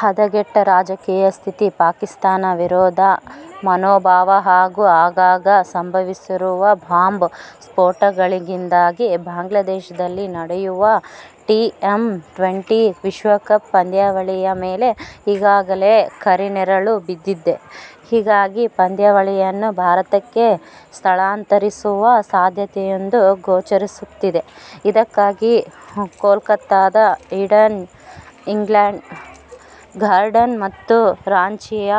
ಹದಗೆಟ್ಟ ರಾಜಕೀಯ ಸ್ಥಿತಿ, ಪಾಕಿಸ್ಥಾನ ವಿರೋಧಿ ಮನೋಭಾವ ಹಾಗೂ ಆಗಾಗ ಸಂಭವಿಸುತ್ತಿರುವ ಬಾಂಬ್ ಸ್ಫೋಟಗಳಿಂದಾಗಿ ಬಾಂಗ್ಲಾದೇಶದಲ್ಲಿ ನಡೆಯುವ ಟಿ-ಟ್ವೆಂಟಿ ವಿಶ್ವಕಪ್ ಪಂದ್ಯಾವಳಿಯ ಮೇಲೆ ಈಗಾಗಲೇ ಕರಿನೆರಳು ಬಿದ್ದಿದೆ. ಹೀಗಾಗಿ, ಪಂದ್ಯಾವಳಿಯನ್ನು ಭಾರತಕ್ಕೆ ಸ್ಥಳಾಂತರಿಸುವ ಸಾಧ್ಯತೆಯೊಂದು ಗೋಚರಿಸುತ್ತಿದೆ. ಇದಕ್ಕಾಗಿ ಕೋಲ್ಕತಾದ ಈಡನ್ ಗಾರ್ಡನ್ಸ್ ಮತ್ತು ರಾಂಚಿಯ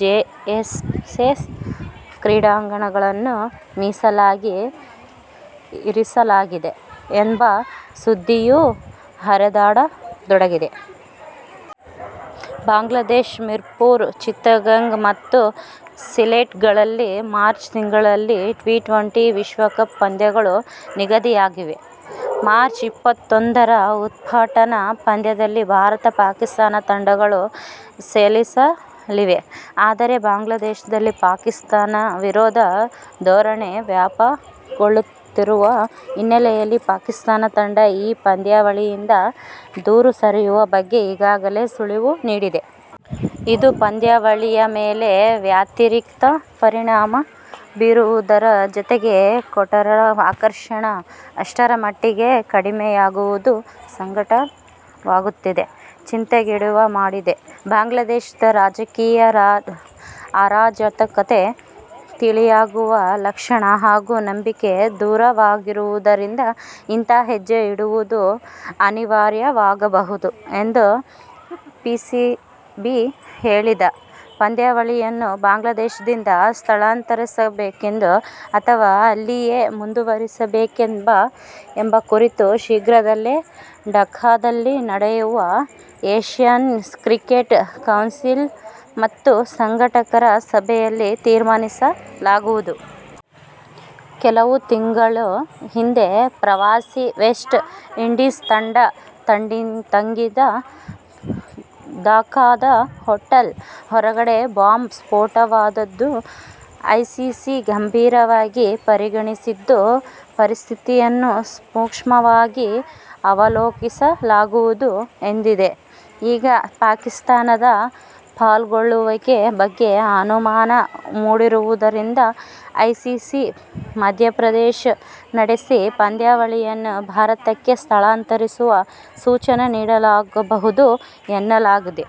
ಜೆಎಸ್ಸಿಎ ಕ್ರೀಡಾಂಗಣಗಳನ್ನು ಮೀಸಲಾಗಿ ಇರಿಸಲಾಗಿದೆ ಎಂಬ ಸುದ್ದಿಯೂ ಹರಿದಾಡತೊಡಗಿದೆ. ಬಾಂಗ್ಲಾದೇಶದ ಮೀರ್ಪುರ್, ಚಿತ್ತಗಾಂಗ್ ಮತ್ತು ಸಿಲೆಟ್‌ಗಳಲ್ಲಿ ಮಾರ್ಚ್ ತಿಂಗಳಲ್ಲಿ ಟಿ-ಟ್ವೆಂಟಿ ವಿಶ್ವಕಪ್ ಪಂದ್ಯಗಳು ನಿಗದಿಯಾಗಿವೆ. ಮಾರ್ಚ್ ಇಪ್ಪತ್ತೊಂದರ ಉದ್ಘಾಟನಾ ಪಂದ್ಯದಲ್ಲಿ ಭಾರತ-ಪಾಕಿಸ್ಥಾನ ತಂಡಗಳು ಸೆಳ ಸಲಿವೆ. ಆದರೆ, ಬಾಂಗ್ಲಾದೇಶದಲ್ಲಿ ಪಾಕಿಸ್ಥಾನ ವಿರೋಧಿ ಧೋರಣೆ ವ್ಯಾಪಕಗೊಳ್ಳುತ್ತಿರುವ ಹಿನ್ನೆಲೆಯಲ್ಲಿ ಪಾಕಿಸ್ಥಾನ ತಂಡ ಈ ಪಂದ್ಯಾವಳಿಯಿಂದ ದೂರ ಸರಿಯುವ ಬಗ್ಗೆ ಈಗಾಗಲೇ ಸುಳಿವು ನೀಡಿದೆ. ಇದು ಪಂದ್ಯಾವಳಿಯ ಮೇಲೆ ವ್ಯತಿರಿಕ್ತ ಪರಿಣಾಮ ಬೀರುವುದರ ಜತೆಗೆ ಕೂಟದ ಆಕರ್ಷಣೆ ಅಷ್ಟರ ಮಟ್ಟಿಗೆ ಕಡಿಮೆಯಾಗುವುದು ಸಂಘಟಕರನ್ನು ಚಿಂತೆಗೀಡುಮಾಡಿದೆ. ಬಾಂಗ್ಲಾದೇಶದ ರಾಜಕೀಯ ಅರಾಜಕತೆ ತಿಳಿಯಾಗುವ ಲಕ್ಷಣ ಹಾಗೂ ನಂಬಿಕೆ ದೂರವಾಗಿರುವುದರಿಂದ ಇಂಥ ಹೆಜ್ಜೆ ಇಡುವುದು ಅನಿವಾರ್ಯವಾಗಬಹುದು ಎಂದು ಪಿಸಿಬಿ ಹೇಳಿದೆ. ಪಂದ್ಯಾವಳಿಯನ್ನು ಬಾಂಗ್ಲಾದೇಶದಿಂದ ಸ್ಥಳಾಂತರಿಸಬೇಕೇ ಅಥವಾ ಅಲ್ಲಿಯೇ ಮುಂದುವರಿಸಬೇಕೇ ಎಂಬ ಕುರಿತು ಶೀಘ್ರದಲ್ಲೇ ಢಾಕಾದಲ್ಲಿ ನಡೆಯುವ ಏಶ್ಯನ್ ಕ್ರಿಕೆಟ್ ಕೌನ್ಸಿಲ್ ಮತ್ತು ಸಂಘಟಕರ ಸಭೆಯಲ್ಲಿ ತೀರ್ಮಾನಿಸಲಾಗುವುದು. ಕೆಲವು ತಿಂಗಳ ಹಿಂದೆ ಪ್ರವಾಸಿ ವೆಸ್ಟ್ ಇಂಡೀಸ್ ತಂಡ ತಂಗಿದ್ದ ಢಾಕಾದ ಹೊಟೇಲ್ ಹೊರಗಡೆ ಬಾಂಬ್ ಸ್ಫೋಟವಾದುದನ್ನು ಐಸಿಸಿ ಗಂಭೀರವಾಗಿ ಪರಿಗಣಿಸಿದ್ದು, ಪರಿಸ್ಥಿತಿಯನ್ನು ಸೂಕ್ಷ್ಮವಾಗಿ ಅವಲೋಕಿಸಲಾಗುವುದು ಎಂದಿದೆ. ಈಗ ಪಾಕಿಸ್ಥಾನದ ಪಾಲ್ಗೊಳ್ಳುವಿಕೆ ಬಗ್ಗೆ ಅನುಮಾನ ಮೂಡಿರುವುದರಿಂದ ಐಸಿಸಿ ಮಧ್ಯಪ್ರವೇಶ ನಡೆಸಿ ಪಂದ್ಯಾವಳಿಯನ್ನು ಭಾರತಕ್ಕೆ ಸ್ಥಳಾಂತರಿಸುವ ಸೂಚನೆ ನೀಡಲೂಬಹುದು ಎನ್ನಲಾಗಿದೆ.